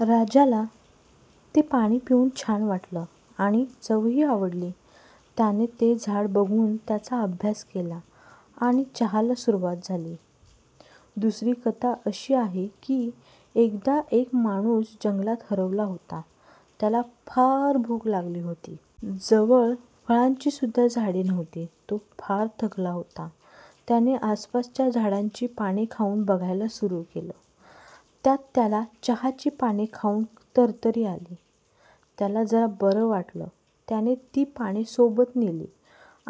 राजाला ते पाणी पिऊन छान वाटलं आणि चवही आवडली. त्याने ते झाड बघून त्याचा अभ्यास केला आणि चहाला सुरुवात झाली. दुसरी कथा अशी आहे कि एकदा एक माणूस जंगलात हरवला होता. त्याला फार भूक लागली होती. जवळ फळांची सुद्धा झाडे नव्हती. तो फार थकला होता. त्याने आसपासच्या झाडांची पाने खाऊन बघायला सुरु केलं. त्यात त्याला चहाची पाने खाऊन तरतरी आली. त्याला जरा बरं वाटलं. त्याने ती पाने सोबत नेली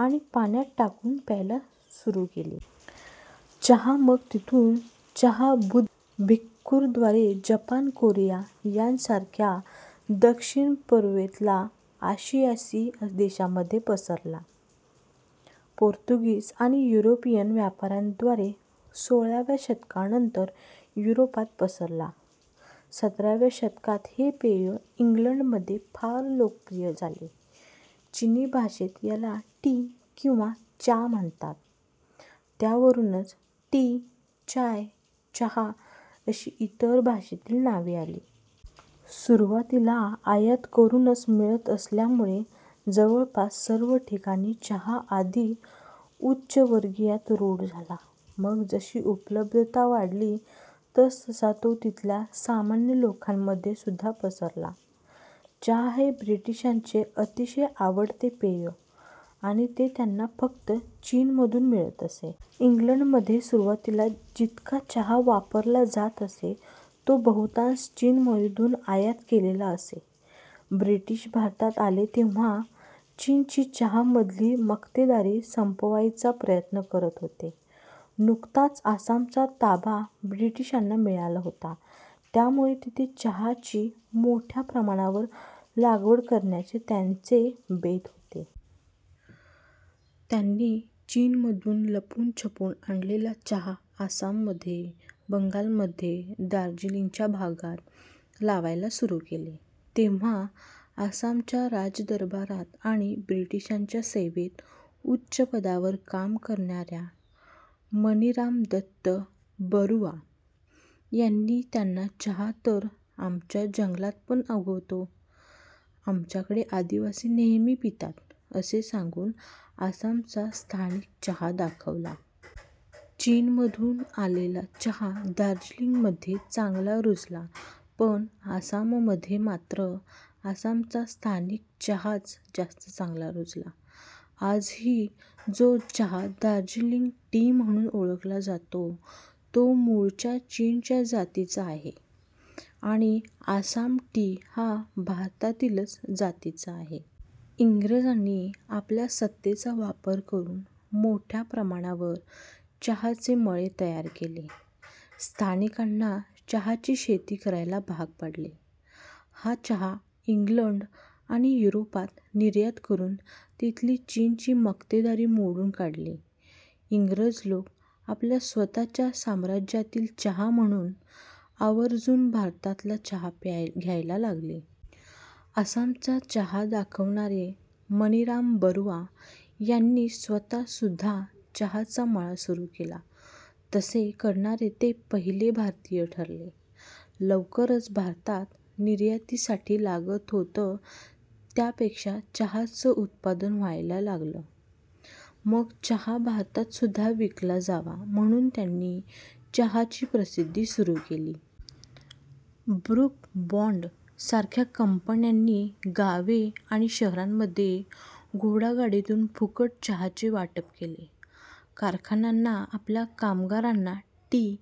आणि पाण्यात टाकून प्यायला सुरु केली. चहा मग तिथून चहा बुद्ध भिक्खुंद्वारे जपान कोरिया सारख्या दक्षिण पूर्वेतला आशियासी देशांमध्ये पसरला. पोर्तुगीज आणि युरोपीयन व्यापाऱ्यांद्वारे सोळाव्या शतकानंतर युरोपात पसरला. सतराव्या शतकात हे पेय इंग्लंडमध्ये फार लोकप्रिय झाले. चिनी भाषेत याला टी किंवा चा म्हणतात, त्यावरूनच टी, चाय, चहा अशी इतर भाषेतली नावे आली. सुरुवातीला आयात करूनच मिळत असल्यामुळे जवळपास सर्व ठिकाणी चहा आधी उच्चवर्गीयात रूढ झाला. मग जशी उपलब्धता वाढली तसतसा तो तिथल्या सामान्य लोकांमध्ये सुद्धा पसरला. चहा हे ब्रिटिशांचे अतिशय आवडते पेय आणि ते त्यांना फक्त चीनमधून मिळत असे. इंग्लंडमध्ये सुरुवातीला जितका चहा वापरला जात असे तो बहुतांश चीनमधून आयात केलेला असे. ब्रिटिश भारतात आले तेव्हा चीनची चहामधली मक्तेदारी संपवायचा प्रयत्न करत होते. नुकताच आसामचा ताबा ब्रिटिशांना मिळाला होता त्यामुळे तिथे चहाची मोठ्या प्रमाणावर लागवड करण्याचे त्यांचे बेत होते. त्यांनी चीनमधून लपून छपून आणलेला चहा आसाममध्ये, बंगालमध्ये दार्जिलिंगच्या भागात लावायला सुरु केले. तेव्हा आसामच्या राजदरबारात आणि ब्रिटिशांच्या सेवेत उच्चपदावर काम करणाऱ्या मणिराम दत्त बरुआ यांनी त्यांना चहा तर आमच्या जंगलात पण उगवतो, आमच्याकडे आदिवासी नेहमी पितात असे सांगून आसामचा स्थानिक चहा दाखवला. चीनमधून आलेला चहा दार्जिलिंग मध्ये चांगला रुजला पण आसाम मध्ये मात्र आसामचा स्थानिक चहाच जास्त चांगला रुजला. आजही जो चहा दार्जिलिंग टी म्हणून ओळखला जातो तो मूळच्या चीनच्या जातीचा आहे आणि आसाम टी हा भारतातीलच जातीचा आहे. इंग्रजांनी आपल्या सत्तेचा वापर करून मोठ्या प्रमाणावर चहाचे मळे तयार केले. स्थानिकांना चहाची शेती करायला भाग पाडले. हा चहा इंग्लंड आणि युरोपात निर्यात करून तिथली चीनची मक्तेदारी मोडून काढली. इंग्रज लोक आपल्या स्वतःच्या साम्राज्यातील चहा म्हणून आवर्जून भारतातला चहा घ्यायला लागले. आसामचा चहा दाखवणारे मणिराम बरुआ यांनीं स्वतः सुद्धा चहाचा मळा सुरु केला. तसे करणारे ते पहिले भारतीय ठरले. लवकरच भारतात निर्यातीसाठी लागत होतं त्यापेक्षा चहाचं उत्पादन व्हायला लागलं. मग चहा भारतात सुद्धा विकला जावा म्हणून त्यांनी चहाची प्रसिद्धी सुरु केली. ब्रुक बॉण्ड सारख्या कंपन्यांनी गावे आणि शहरांमध्ये घोडागाडीतून फुकट चहाचे वाटप केले. कारखान्यांना आपल्या कामगारांना टी